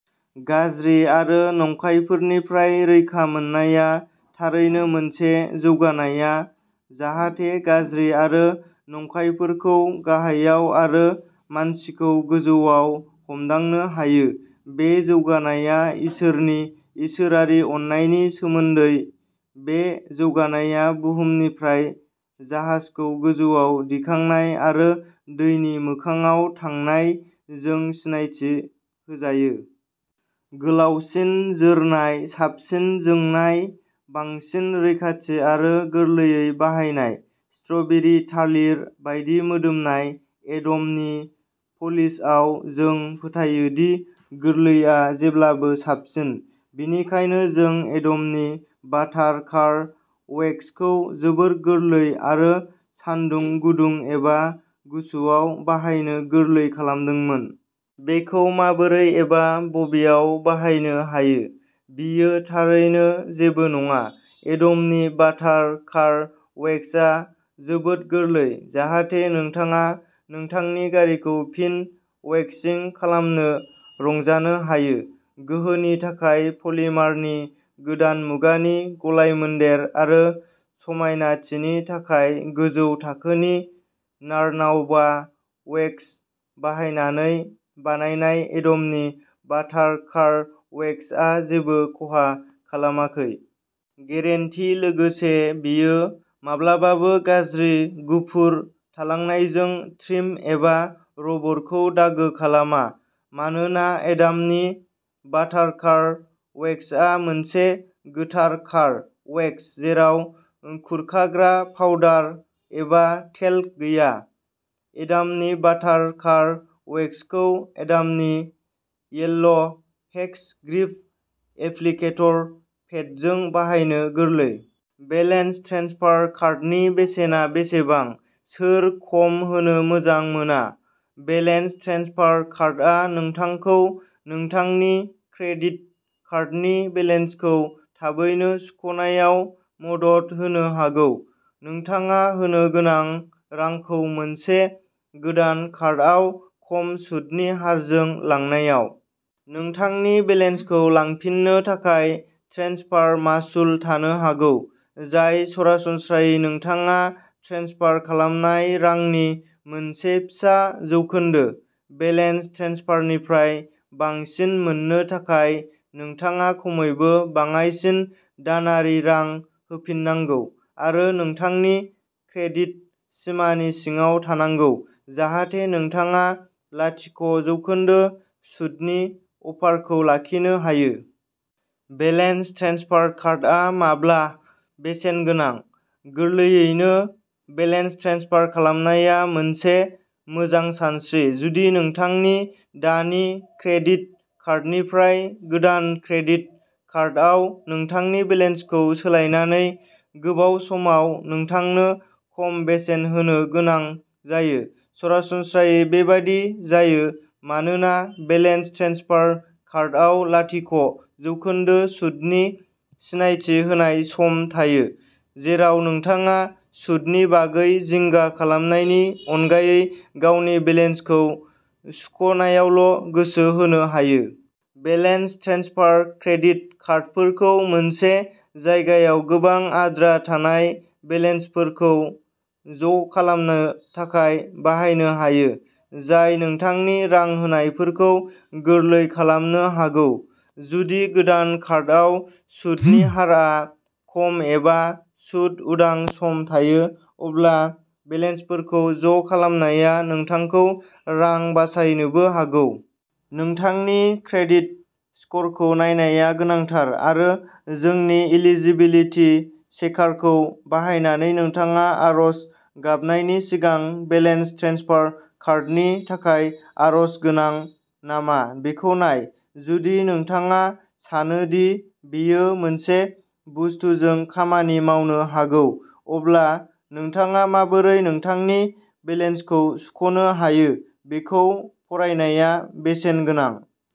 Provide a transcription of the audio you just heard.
गाज्रि आरो नंखायफोरनिफ्राय रैखा मोननाया थारैनो मोनसे जौगानाया, जाहाथे गाज्रि आरो नंखायफोरखौ गाहायाव आरो मानसिखौ गोजौआव हमदांनो हायो। बे जौगानाया इसोरनि इसोरारि अननायनि सोमोन्दै। बे जौगानाया बुहुमनिफ्राय जाहाजखौ गोजौआव दिखांनाय, आरो दैनि मोखांआव थांनाय जों सिनायथि होजायो। गोलावसिन जोरनाय, साबसिन जोंनाय, बांसिन रैखाथि आरो गोरलैयै बाहायनाय। स्ट्रबेरि थालिर बायदि मोदोमनाय एडमनि पलिशआव, जों फोथायो दि गोरलैआ जेब्लाबो साबसिन। बेनिखायनो जों एडमनि बाटर कार वेक्सखौ जोबोद गोरलै आरो सानदुं, गुदुं एबा गुसुआव बाहायनो गोरलै खालामदोंमोन। बेखौ माबोरै एबा बबेयाव बाहायनो हायो, बेयो थारैनो जेबो नङा, एडमनि बाटार कार वेक्सआ जोबोद गोरलै, जाहाथे नोंथाङा नोंथांनि गारिखौ फिन वैक्सिं खालामनो रंजानो हायो। गोहोनि थाखाय पलिमारनि गोदान मुगानि गलायमोन्देर आरो समायनाथिनि थाखाय गोजौ थाखोनि नार्नाउबा वेक्स बाहायनानै बानायनाय, एडमनि बाटार कार वेक्सआ जेबो खहा खालामाखै। गेरेन्टि लोगोसे, बेयो। माब्लाबाबो गाज्रि गुफुर थालांनायजों ट्रिम एबा रबरखौ दागो खालामा। मानोना एडामनि बाटार कार वेक्सआ मोनसे गोथार कार वेक्स जेराव खुरखाग्रा पाउडार एबा टेल्क गैया। एडामनि बाटार कार वेक्सखौ एडामनि येल्ल' हेक्स ग्रिप एप्लिकेटर पेडजों बाहायनो गोरलै। बेलेन्स ट्रेन्सफार कार्डनि बेसेना बेसेबां? सोर खम होनो मोजां मोना? बेलेन्स ट्रेन्सफार कार्डआ नोंथांखौ नोंथांनि क्रेडिट कार्डनि बेलेन्सखौ थाबैनो सुख'नायाव मदद होनो हागौ, नोंथाङा होनो गोनां रांखौ मोनसे गोदान कार्डआव खम सुतनि हारजों लांनायाव। नोंथांनि बेलेन्सखौ लांफिननो थाखाय, ट्रेन्सफार मासुल थानो हागौ, जाय सरासनस्रायै नोंथाङा ट्रेन्सफार खालामनाय रांनि मोनसे फिसा जौखोन्दो। बेलेन्स ट्रेन्सफारनिफ्राय बांसिन मोननो थाखाय, नोंथाङा खमैबो बाङाइसिन दानारि रां होफिननांगौ आरो नोंथांनि क्रेडिट सिमानि सिङाव थानांगौ जाहाथे नोंथाङा लाथिक' जौखोन्दो सुतनि अफारखौ लाखिनो हायो। बेलेन्स ट्रेन्सफार कार्डआ माब्ला बेसेन गोनां? गोरलैयैनो, बेलेन्स ट्रेन्सफार खालामनाया मोनसे मोजां सानस्रि, जुदि नोंथांनि दानि क्रेडिट कार्डनिफ्राय गोदान क्रेडिट कार्डआव नोंथांनि बेलेन्सखौ सोलायनानै गोबाव समाव नोंथांनो खम बेसेन होनो गोनां जायो। सरासनस्रायै बेबादि जायो मानोना बेलेन्स ट्रेन्सफार कार्डआव लाथिक' जौखोन्दो सुतनि सिनायथि होनाय सम थायो, जेराव नोंथाङा सुतनि बागै जिंगा खालामनायनि अनगायै गावनि बेलेन्सखौ सुख' नायावल' गोसो होनो हायो। बेलेन्स ट्रेन्सफार क्रेडिट कार्डफोरखौ मोनसे जायगायाव गोबां आद्रा थानाय बेलेन्सफोरखौ ज'खालामनो थाखाय बाहायनो हायो, जाय नोंथांनि रां होनायफोरखौ गोरलै खालामनो हागौ। जुदि गोदान कार्डआव सुतनि हारआ खम एबा सुत उदां सम थायो, अब्ला बेलेन्सफोरखौ ज'खालामनाया नोंथांखौ रां बासायनोबो हागौ। नोंथांनि क्रेडिट स्करखौ नायनाया गोनांथार आरो जोंनि इलिजिबिलिटि चेकारखौ बाहायनानै नोंथाङा आर'ज गाबनायनि सिगां बेलेन्स ट्रेन्सफार कार्डनि थाखाय आर'ज गोनां नामा बेखौ नाय। जुदि नोंथाङा सानो दि बेयो मोनसे बुस्टुजों खामानि मावनो हागौ, अब्ला नोंथाङा माबोरै नोंथांनि बेलेन्सखौ सुख'नो हायो बेखौ फरायनाया बेसेन गोनां।